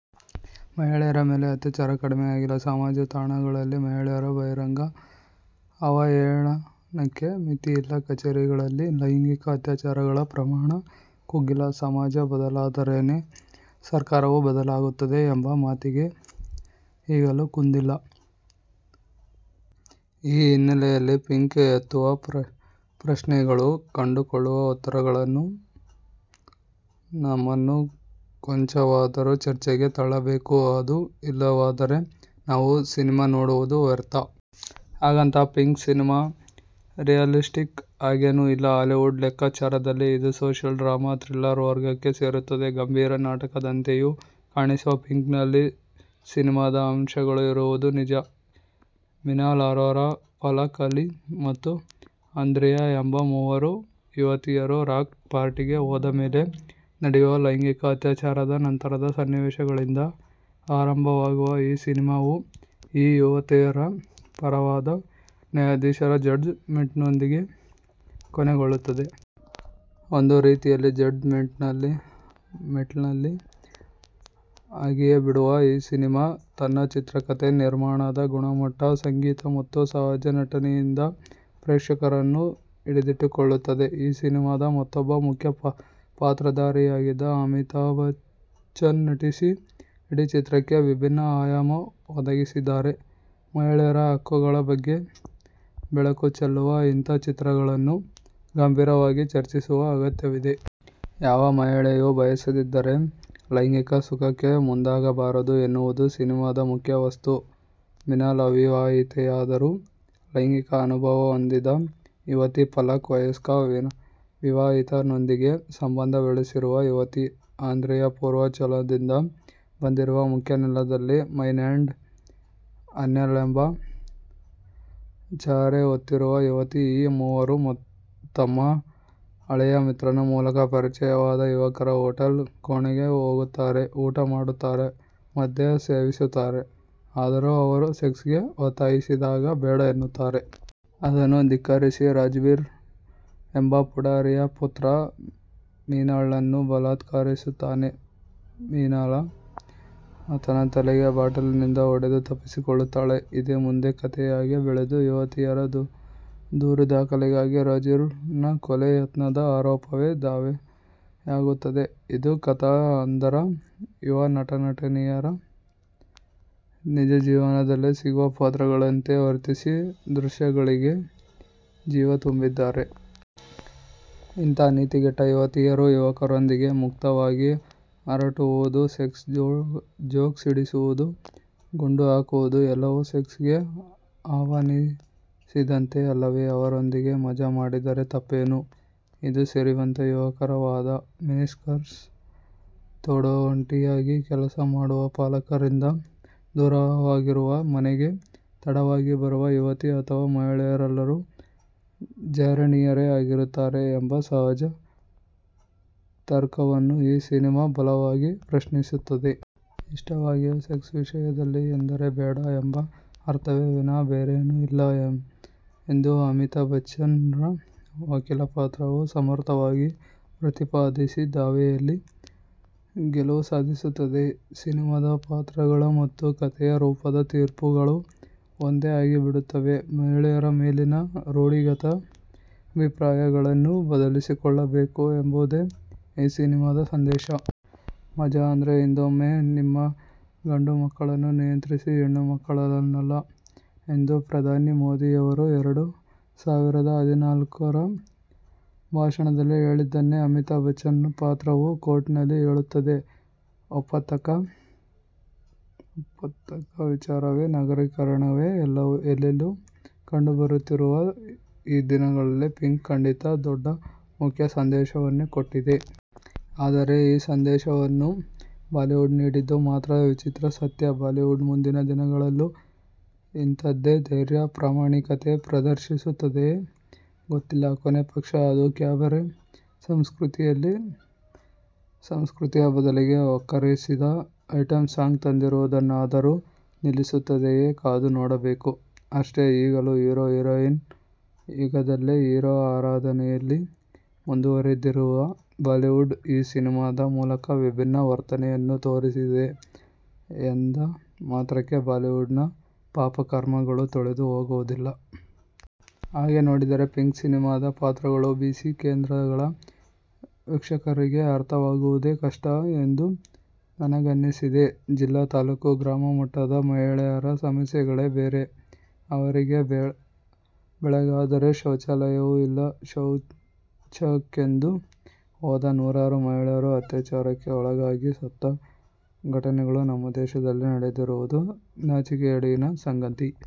ಮಹಿಳೆಯರ ಮೇಲೆ ಅತ್ಯಾಚಾರ ಕಡಿಮೆಯಾಗಿಲ್ಲ; ಸಮಾಜತಾಣಗಳಲ್ಲಿ ಮಹಿಳೆಯರ ಬಹಿರಂಗ ಅವಹೇಳನಕ್ಕೆ ಮಿತಿಯಿಲ್ಲ; ಕಚೇರಿಗಳಲ್ಲಿ ಲೈಂಗಿಕ ಅತ್ಯಾಚಾರಗಳ ಪ್ರಮಾಣ ಕುಗ್ಗಿಲ್ಲ. ಸಮಾಜ ಬದಲಾದರೇನೇ ಸರ್ಕಾರವೂ ಬದಲಾಗುತ್ತದೆ ಎಂಬ ಮಾತಿಗೆ ಈಗಲೂ ಕುಂದಿಲ್ಲ. ಈ ಹಿನ್ನೆಲೆಯಲ್ಲಿ 'ಪಿಂಕ್' ಎತ್ತುವ ಪ್ರಶ್ನೆಗಳು, ಕಂಡುಕೊಳ್ಳುವ ಉತ್ತರಗಳು ನಮ್ಮನ್ನು ಕೊಂಚವಾದರೂ ಚರ್ಚೆಗೆ ತಳ್ಳಬೇಕು; ಅದೂ ಇಲ್ಲವಾದರೆ ನಾವು ಸಿನೆಮಾ ನೋಡುವುದೂ ವ್ಯರ್ಥ. ಹಾಗಂತ ಪಿಂಕ್' ಸಿನೆಮಾ ರಿಯಲಿಸ್ಟಿಕ್ ಆಗೇನೂ ಇಲ್ಲ; ಹಾಲಿವುಡ್ ಲೆಕ್ಕಾಚಾರದಲ್ಲಿ ಇದು ಸೋಶಿಯಲ್ ಡ್ರಾಮಾ ಥ್ರಿಲ್ಲರ್'ವರ್ಗಕ್ಕೆ ಸೇರುತ್ತದೆ. ಗಂಭೀರ ನಾಟಕದಂತೆಯೂ ಕಾಣಿಸುವ ಪಿಂಕ್'ನಲ್ಲಿ ಸಿನೆಮಾದ ಅಂಶಗಳೂ ಇರುವುದು ನಿಜ. ಮಿನಾಲ್ ಅರೋರಾ, ಫಲಕ್ ಆಲಿ ಮತ್ತು ಆಂದ್ರಿಯಾ ಎಂಬ ಮೂವರು ಯುವತಿಯರು ರಾಕ್ ಪಾರ್ಟಿಗೆ ಹೋದಮೇಲೆ ನಡೆಯುವ ಲೈಂಗಿಕ ಅತ್ಯಾಚಾರದ ನಂತರದ ಸನ್ನಿವೇಶಗಳಿಂದ ಆರಂಭವಾಗುವ ಈ ಸಿನೆಮಾವು ಈ ಯುವತಿಯರ ಪರವಾದ ನ್ಯಾಯಾಧೀಶರ ಜಡ್ಜ್ ಮೆಂಟ್ನೊಂದಿಗೆ ಕೊನೆಗೊಳ್ಳುತ್ತದೆ. ಒಂದು ರೀತಿಯಲ್ಲಿ ಜಡ್ಜ್ ಮೆಂಟಲ್ಲಿ ಆಗಿಯೇಬಿಡುವ ಈ ಸಿನೆಮಾ ತನ್ನ ಚಿತ್ರಕಥೆ, ನಿರ್ಮಾಣದ ಗುಣಮಟ್ಟ, ಸಂಗೀತ ಮತ್ತು ಸಹಜ ನಟನೆಯಿಂದ ಪ್ರೇಕ್ಷಕರನ್ನು ಹಿಡಿದಿಟ್ಟುಕೊಳ್ಳುತ್ತದೆ. ಈ ಸಿನೆಮಾದ ಮೊತ್ತೊಬ್ಬ ಮುಖ್ಯ ಪಾತ್ರಧಾರಿಯಾಗಿ ಅಮಿತಾಭ್ ಬಚ್ಚನ್ ನಟಿಸಿ ಇಡೀ ಚಿತ್ರಕ್ಕೆ ವಿಭಿನ್ನ ಆಯಾಮ ಒದಗಿಸಿದ್ದಾರೆ. ಮಹಿಳೆಯರ ಹಕ್ಕುಗಳ ಬಗ್ಗೆ ಬೆಳಕು ಚೆಲ್ಲುವ ಇಂಥ ಚಿತ್ರಗಳನ್ನು ಗಂಭೀರವಾಗಿ ಚರ್ಚಿಸುವ ಅಗತ್ಯವಿದೆ. ಯಾವ ಮಹಿಳೆಯೂ ಬಯಸದಿದ್ದರೆ ಲೈಂಗಿಕ ಸುಖಕ್ಕೆ ಮುಂದಾಗಬಾರದು ಎನ್ನುವುದು ಸಿನೆಮಾದ ಮುಖ್ಯ ವಸ್ತು. ಮಿನಾಲ್: ಅವಿವಾಹಿತೆಯಾದರೂ ಲೈಂಗಿಕ ಅನುಭವ ಹೊಂದಿದ ಯುವತಿ; ಫಲಕ್: ವಯಸ್ಕ ವಿವಾಹಿತನೊಂದಿಗೆ ಸಂಬಂಧ ಬೆಳೆಸಿರುವ ಯುವತಿ; ಆಂದ್ರಿಯಾ ಪೂರ್ವಾಂಚಲದಿಂದ ಬಂದಿರುವ, ಮುಖ್ಯನೆಲದಲ್ಲಿ –ಮೈನ್ಲ್ಯಾಂಡ್- ಅನ್ಯಳೆಂಬ ಚಹರೆ ಹೊತ್ತಿರುವ ಯುವತಿ. ಈ ಮೂವರೂ ತಮ್ಮ ಹಳೆಯ ಮಿತ್ರನ ಮೂಲಕ ಪರಿಚಯವಾದ ಯುವಕರ ಹೋಟೆಲ್ ಕೋಣೆಗೆ ಹೋಗುತ್ತಾರೆ; ಊಟ ಮಾಡುತ್ತಾರೆ; ಮದ್ಯ ಸೇವಿಸುತ್ತಾರೆ; ಆದರೂ ಅವರು ಸೆಕ್ಸ್ ಗೆ ಒತ್ತಾಯಿಸಿದಾಗ ಬೇಡ' ಎನ್ನುತ್ತಾರೆ. ಅದನ್ನೂ ಧಿಕ್ಕರಿಸಿ ರಾಜ್ವೀರ್ ಎಂಬ ಪುಢಾರಿಯ ಪುತ್ರ ಮಿನಾಲ್ಳನ್ನು ಬಲಾತ್ಕಾರಿಸುತ್ತಾನೆ; ಮಿನಾಲ್ ಆತನ ತಲೆಗೆ ಬಾಟಲಿಯಿಂದ ಹೊಡೆದು ತಪ್ಪಿಸಿಕೊಳ್ಳುತ್ತಾಳೆ. ಇದೇ ಮುಂದೆ ಕಥೆಯಾಗಿ ಬೆಳೆದು ಯುವತಿಯರ ದೂರು ದಾಖಲಾಗದೆ ರಾಜ್ವೀರ್ ನ ಕೊಲೆ ಯತ್ನದ ಆರೋಪವೇ ದಾವೆಯಾಗುತ್ತದೆ. ಇದು ಕಥಾ ಹಂದರ. ಯುವ ನಟ-ನಟಿಯರು ನಿಜಜೀವನದಲ್ಲೇ ಸಿಗುವ ಪಾತ್ರಗಳಂತೆ ವರ್ತಿಸಿ ದೃಶ್ಯಗಳಿಗೆ ಜೀವ ತುಂಬಿಸಿದ್ದಾರೆ. ಇಂಥ ನೀತಿಗೆಟ್ಟ' ಯುವತಿಯರು ಯುವಕರೊಂದಿಗೆ ಮುಕ್ತವಾಗಿ ಹರಟುವುದು, ಸೆಕ್ಸ್ ಜೋಕ್ ಸಿಡಿಸುವುದು, ಗುಂಡು ಹಾಕುವುದು- ಎಲ್ಲವೂ ಸೆಕ್ಸ್ ಗೆ ಆಹ್ವಾನಿಸಿದಂತೆಯೇ ಅಲ್ಲವೆ? ಅವರೊಂದಿಗೆ ಮಜಾ ಮಾಡಿದರೆ ತಪ್ಪೇನು? '– ಇದು ಸಿರಿವಂತ ಯುವಕರ ವಾದ. ಮಿನಿಸ್ಕರ್ಟ್ ತೊಡುವ, ಒಂಟಿಯಾಗಿ ಕೆಲಸ ಮಾಡುವ, ಪಾಲಕರಿಂದ ದೂರವಾಗಿರುವ, ಮನೆಗೆ ತಡವಾಗಿ ಬರುವ ಯುವತಿ ಅಥವ ಮಹಿಳೆಯರೆಲ್ಲರೂ ಜಾರಿಣಿಯರೇ ಆಗಿರುತ್ತಾರೆ ಎಂಬ ಸಹಜ ತರ್ಕವನ್ನು ಈ ಸಿನೆಮಾ ಬಲವಾಗಿ ಪ್ರಶ್ನಿಸುತ್ತದೆ. ಇಷ್ಟಾಗಿಯೂ, ಸೆಕ್ಸ್ ವಿಷಯದಲ್ಲಿ ಎಂದರೆ ಬೇಡ ಎಂಬ ಅರ್ಥವೇ ವಿನಃ ಬೇರೇನೂ ಇಲ್ಲ ಎಂದು ಅಮಿತಾಭ್ ಬಚ್ಚನ್ರ ವಕೀಲ ಪಾತ್ರವು ಸಮರ್ಥವಾಗಿ ಪ್ರತಿಪಾದಿಸಿ ದಾವೆಯಲ್ಲಿ ಗೆಲುವು ಸಾಧಿಸುತ್ತದೆ. ಸಿನೆಮಾದ ಪಾತ್ರಗಳ ಮತ್ತು ಕಥೆಯ ರೂಪದ ತೀರ್ಪುಗಳು ಒಂದೇ ಆಗಿಬಿಡುತ್ತವೆ. ಮಹಿಳೆಯರ ಮೇಲಿನ ರೂಢಿಗತ ಅಭಿಪ್ರಾಯಗಳನ್ನು ಬದಲಿಸಿಕೊಳ್ಳಬೇಕು ಎಂಬುದೇ ಈ ಸಿನೆಮಾದ ಸಂದೇಶ. ಮಜಾ ಅಂದ್ರೆ ಹಿಂದೊಮ್ಮೆ ನಿಮ್ಮ ಗಂಡು ಮಕ್ಕಳನ್ನು ನಿಯಂತ್ರಿಸಿ, ಹೆಣ್ಣು ಮಕ್ಕಳನ್ನಲ್ಲ' ಎಂದು ಪ್ರಧಾನಿ ಮೋದಿಯವರು ಎರಡು ಸಾವಿರದ ಹದಿನಾಲ್ಕರ ಭಾಷಣದಲ್ಲಿ ಹೇಳಿದ್ದನ್ನೇ ಅಮಿತಾಭ್ ಬಚ್ಚನ್ ಪಾತ್ರವೂ ಕೋರ್ಟಿನಲ್ಲಿ ಹೇಳುತ್ತದೆ. ಒಪ್ಪತಕ್ಕ ವಿಚಾರವೇ. ನಗರೀಕರಣವೇ ಎಲ್ಲೆಲ್ಲೂ ಕಂಡುಬರುತ್ತಿರುವ ಈ ದಿನಗಳಲ್ಲಿ ಪಿಂಕ್' ಖಂಡಿತ ದೊಡ್ಡ, ಮುಖ್ಯ ಸಂದೇಶವನ್ನೇ ಕೊಟ್ಟಿದೆ. ಆದರೆ ಈ ಸಂದೇಶವನ್ನು ಬಾಲಿವುಡ್ ನೀಡಿದ್ದು ಮಾತ್ರ ವಿಚಿತ್ರ ಸತ್ಯ. ಬಾಲಿವುಡ್ ಮುಂದಿನ ದಿನಗಳಲ್ಲೂ ಇಂಥದ್ದೇ ಧೈರ್ಯ, ಪ್ರಾಮಾಣಿಕತೆ ಪ್ರದರ್ಶಿಸುತ್ತದೆಯೆ? ಗೊತ್ತಿಲ್ಲ. ಕೊನೇ ಪಕ್ಷ ಅದು ಕ್ಯಾಬರೆ ಸಂಸ್ಕೃತಿಯ ಬದಲಿಗೆ ವಕ್ಕರಿಸಿದ ಐಟಂ ಸಾಂಗ್ ತಂದಿರುವುದನ್ನಾದರೂ ನಿಲ್ಲಿಸುತ್ತದೆಯೆ? ಕಾದು ನೋಡಬೇಕು, ಅಷ್ಟೆ. ಈಗಲೂ ಹೀರೋ-ಹೀರೋಯಿನ್ ಯುಗದಲ್ಲೇ ಹೀರೋ ಆರಾಧನೆ'ಯಲ್ಲಿ ಮುಂದುವರಿದಿರುವ ಬಾಲಿವುಡ್ ಈ ಸಿನೆಮಾದ ಮೂಲಕ ವಿಭಿನ್ನ ವರ್ತನೆಯನ್ನು ತೋರಿಸಿದೆ ಎಂದ ಮಾತ್ರಕ್ಕೆ ಬಾಲಿವುಡ್ನ ಪಾಪಕರ್ಮಗಳು ತೊಳೆದುಹೋಗುವುದಿಲ್ಲ. ಹಾಗೆ ನೋಡಿದರೆ ಪಿಂಕ್' ಸಿನೆಮಾದ ಪಾತ್ರಗಳು ಬಿ-ಸಿ ಕೇಂದ್ರಗಳ ವೀಕ್ಷಕರಿಗೆ ಅರ್ಥವಾಗುವುದೇ ಕಷ್ಟ ಎಂದು ನನಗನ್ನಿಸಿದೆ. ಜಿಲ್ಲಾ-ತಾಲೂಕು-ಗ್ರಾಮಮಟ್ಟದ ಮಹಿಳೆಯರ ಸಮಸ್ಯೆಗಳೇ ಬೇರೆ. ಅವರಿಗೆ ಬೆಳಗಾದರೆ ಶೌಚಾಲಯವೂ ಇಲ್ಲ. ಶೌಚಕ್ಕೆಂದು ಹೋದ ನೂರಾರು ಮಹಿಳೆಯರು ಅತ್ಯಾಚಾರಕ್ಕೆ ಒಳಗಾಗಿ ಸತ್ತ ಘಟನೆಗಳು ನಮ್ಮ ದೇಶದಲ್ಲಿ ನಡೆದಿರುವುದು ನಾಚಿಕೆಗೇಡಿನ ಸಂಗತಿ.